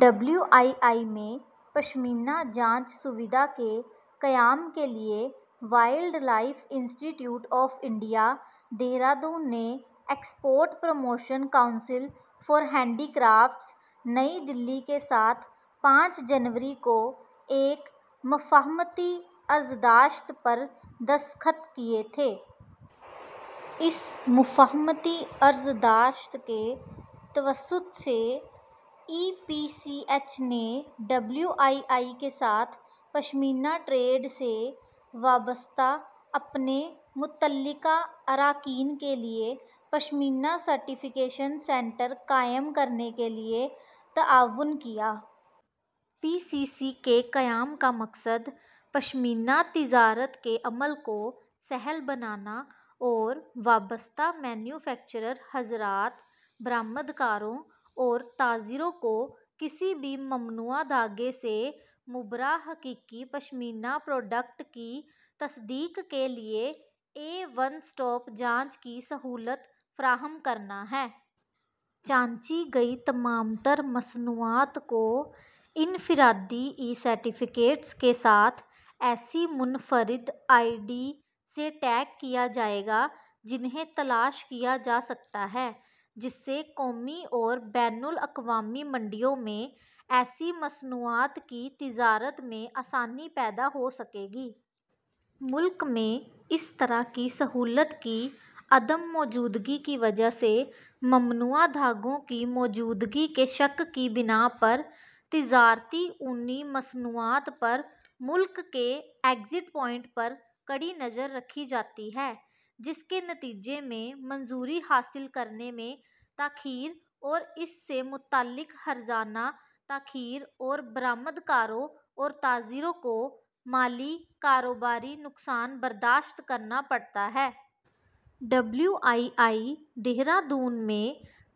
W I I میں 'پشمینہ جانچ سہولت' کے قیام کے لیے wildlife institute of India, Dehradun نے export promotion council for handicrafts, نئی دہلی کے ساتھ پانچ جنوری کو ایک 'مفاہمتی عرضداشت' پر دستخط کیے تھے۔ اس مفاہمتی عرضداشت کے توسط سے، ای پی سی ایچ نے ڈبلیو آئی آئی کے ساتھ پشمینہ ٹریڈ سے وابستہ اپنے متعلقہ اراکین کے لیے پشمینہ سرٹیفکیشن سینٹر قائم کرنے کے لیے تعاون کیا۔ پی سی سی کے قیام کا مقصد پشمینہ تجارت کے عمل کو سہل بنانا اور وابستہ مینوفیکچرر حضرات، برآمدکاروں، اور تاجروں کو کسی بھی ممنوعہ دھاگے سے مبرا حقیقی پشمینہ پروڈکٹ کی تصدیق کے لیے ایک وَن اسٹاپ جانچ کی سہولت فراہم کرنا ہے۔ چانچی گئیں تمام تر مصنوعات کو انفرادی ای۔ سرٹیفکیٹس کے ساتھ ایسی منفرد آئی ڈی سے ٹیگ کیا جائے گا جنہیں تلاش کیا جا سکتا ہے، جس سے قومی اور بین الاقوامی منڈیوں میں ایسی مصنوعات کی تجارت میں آسانی پیدا ہو سکے گی۔ ملک میں اس طرح کی سہولت کی عدم موجودگی کی وجہ سے، ممنوعہ دھاگوں کی موجودگی کے شک کی بنا پر تجارتی اونی مصنوعات پر ملک کے ایگزٹ پوائنٹس پر کڑی نظر رکھی جاتی ہے، جس کے نتیجے میں منظوری حاصل کرنے میں تاخیر اور اس سے متعلق حرجانہ تاخیر، اور برآمدکاروں اور تاجروں کو مالی/کاروباری نقصان برداشت کرنا پڑتا ہے۔ ڈبلیو آئی آئی، دہرادون میں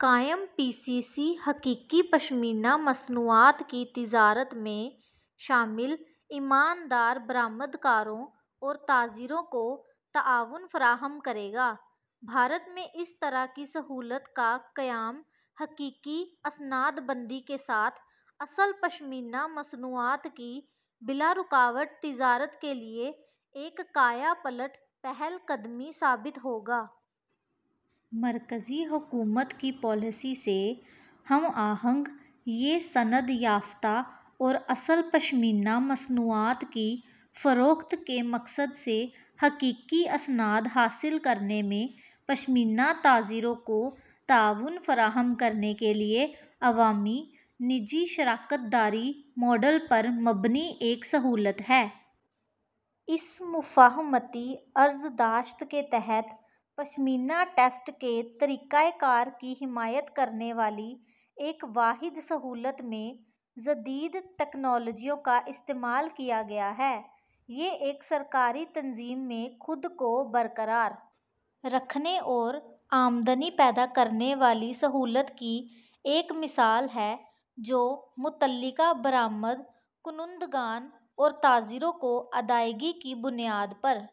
قائم پی سی سی حقیقی پشمینہ مصنوعات کی تجارت میں شامل ایماندار برآمدکاروں اور تاجروں کو تعاون فراہم کرے گا۔ بھارت میں اس طرح کی سہولت کا قیام حقیقی اسنادبندی کے ساتھ اصل پشمینہ مصنوعات کی بلارکاوٹ تجارت کے لیے ایک کایہ پلٹ پہل قدمی ثابت ہوگا۔ مرکزی حکومت کی پالیسی سے ہم آہنگ، یہ سند یافتہ اور اصل پشمینہ مصنوعات کی فروخت کے مقصد سے حقیقی اسناد حاصل کرنے میں پشمینہ تاجروں کو تعاون فراہم کرنے کے لیے عوامی – نجی شراکت داری ماڈل پر مبنی ایک سہولت ہے۔ اس مفاہمتی عرضداشت کے تحت، پشمینہ ٹیسٹ کے طریقہ کار کی حمایت کرنے والی ایک واحد سہولت میں جدید تکنالوجیوں کا استعمال کیا گیا ہے۔ یہ ایک سرکاری تنظیم میں خود کو برقرار رکھنے اور آمدنی پیدا کرنے والی سہولت کی ایک مثال ہے جو متعلقہ برآمد کنندگان اور تاجروں کو ادائیگی کی بنیاد پر